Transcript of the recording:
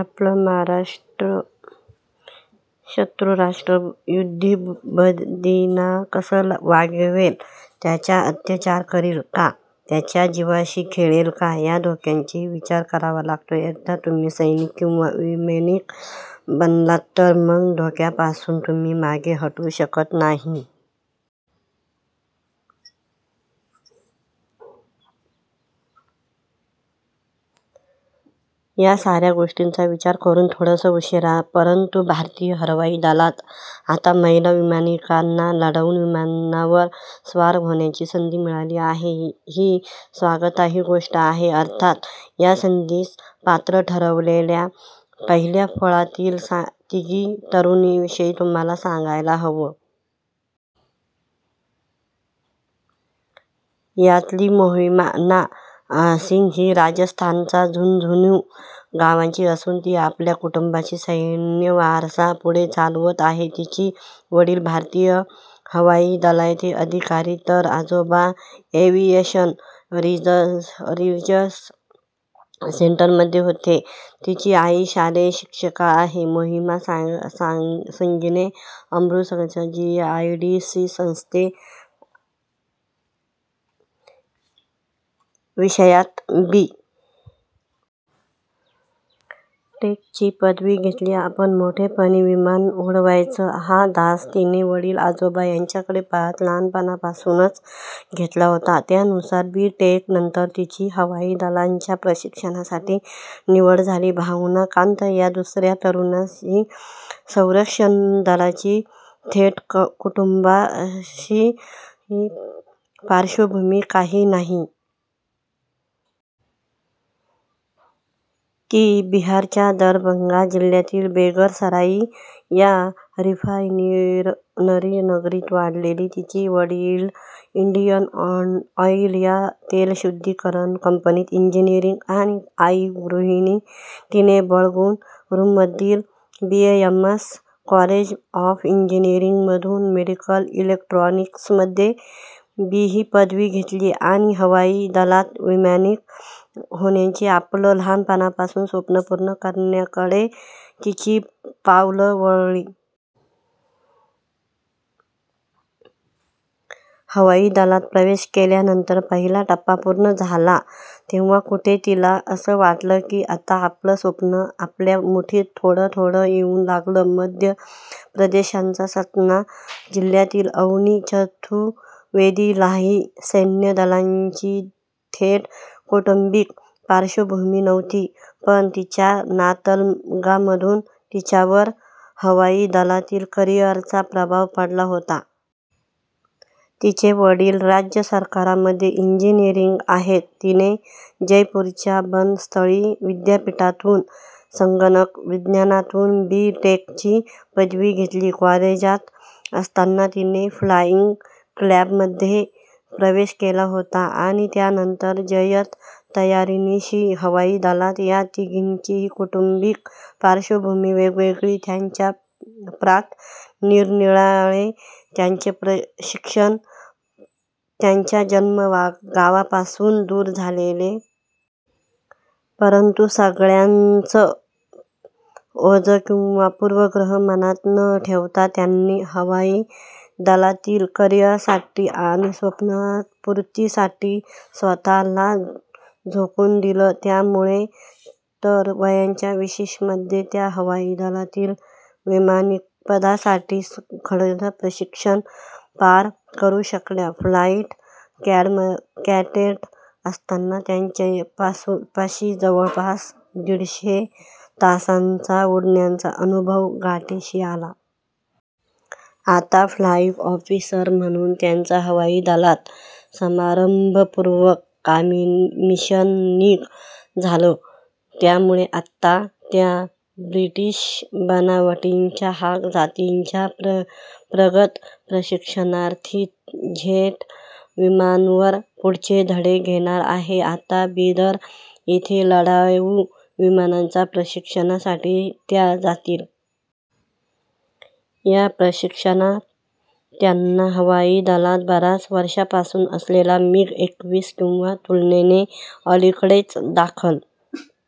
आपलं शत्रूराष्ट्र युद्धबंदींना कसं वागवेल, त्यांच्यावर अत्याचार करील का, त्यांच्या जिवाशी खेळेल का, या धोक्याचाही विचार करावा लागतो. एकदा तुम्ही सैनिक किंवा वैमानिक बनलात, तर मग या धोक्यांपासून तुम्ही मागे हटू शकत नाही. या साऱ्या गोष्टींचा विचार करून, थोडंसं उशिराने परंतु भारतीय हवाई दलात आता महिला वैमानिकांना लढाऊ विमानांवर स्वार होण्याची संधी मिळाली आहे, ही स्वागतार्ह गोष्ट आहे. अर्थातच या संधीस पात्र ठरलेल्या पहिल्या फळीतल्या तिघी तरुणींविषयी तुम्हाला सांगायलाच हवं. यातली मोहना सिंग ही राजस्थानच्या झुनझुनू गावची असून ती आपल्या कुटुंबाचा सैन्यवारसा पुढे चालवत आहे. तिचे वडील भारतीय हवाई दलातले अधिकारी, तर आजोबा एव्हिएशन रिसर्च सेंटरमध्ये होते. तिची आई शालेय शिक्षिका आहे. मोहना सिंगने अमृतसरच्या जीएमआयईटी संस्थेतून इलेक्ट्रॉनिक्स आणि कम्युनिकेशन या विषयात बी. टेक.ची पदवी घेतली. आपण मोठेपणी विमान उडवायचं, हा ध्यास तिने वडील-आजोबा यांच्याकडे पाहत लहानपणापासूनच घेतला होता. त्यानुसार बी. टेक. नंतर तिची हवाई दलाच्या प्रशिक्षणासाठी निवड झाली. भावना कांत या दुसऱ्या तरुणीला मात्र संरक्षण दलाची थेट कौटुंबिक पार्श्वभूमी काही नाही. ती बिहारच्या दरभंगा जिल्ह्यातील बेगुसराई या रिफायनरी नगरीत वाढलेली. तिचे वडील इंडियन ऑइल या तेलशुद्धीकरण कंपनीत इंजिनिअर आणि आई गृहिणी. तिने बंगळुरूमधील बीएमएस कॉलेज ऑफ इंजिनिअरिंगमधून मेडिकल इलेक्ट्रॉनिक्समध्ये बीई पदवी घेतली आणि हवाई दलात वैमानिक होण्याचं आपलं लहानपणापासूनचं स्वप्न पूर्ण करण्याकडे तिची पावलं वळली. हवाई दलात प्रवेश केल्यानंतर पहिला टप्पा पूर्ण झाला, तेव्हा कुठे तिला असं वाटलं की आता आपलं स्वप्न आपल्या मुठीत थोडं थोडं येऊ लागलंय. मध्य प्रदेशच्या सतना जिल्ह्यातील अवनी चतुर्वेदीलाही सैन्यदलाची थेट कौटुंबिक पार्श्वभूमी नव्हतीच, पण तिच्या नातलगांमधून तिच्यावर हवाई दलातील करिअरचा प्रभाव पडला होता. तिचे वडील राज्य सरकारमध्ये इंजिनिअर आहेत. तिने जयपूरच्या बनस्थळी विद्यापीठातून संगणक विज्ञानातून बी. टेक.ची पदवी घेतली. कॉलेजात असतानाच तिने फ्लाइंग क्लबमध्ये प्रवेश केला होता आणि त्यानंतर जय्यत तयारीनिशी हवाई दलात. या तिघींचीही कौटुंबिक पार्श्वभूमी वेगवेगळी, त्यांचे प्रांत निरनिराळे, त्यांचं शिक्षण त्यांच्या जन्मगावापासून दूर झालेलं. परंतु या सगळ्याचं ओझं किंवा पूर्वग्रह मनात न ठेवता त्यांनी हवाई दलातील करिअरसाठी आणि स्वप्नपूर्तीसाठी स्वतःला झोकून दिलं. त्यामुळेच तर वयाच्या विशीमध्येच त्या हवाई दलातील वैमानिकपदासाठीचं खडतर प्रशिक्षण पार करू शकल्या. फ्लाइट कॅडेट असतानाच त्यांच्यापाशी जवळपास दीडशे तासांच्या उड्डाणाचा अनुभव गाठीशी आला. आता फ्लाइंग ऑफिसर म्हणून त्यांचं हवाई दलात समारंभपूर्वक कमिशनिंग झालं. त्यामुळे आता त्या ब्रिटिश बनावटीच्या हॉक जातीच्या प्रगत प्रशिक्षणार्थी जेट विमानावर पुढचे धडे घेणार आहेत. आता बिदर इथे लढाऊ विमानांच्या प्रशिक्षणासाठी त्या जातील. या प्रशिक्षणात त्यांना हवाई दलात बऱ्याच वर्षांपासून असलेल्या मिग एकवीस किंवा तुलनेने अलीकडेच दाखल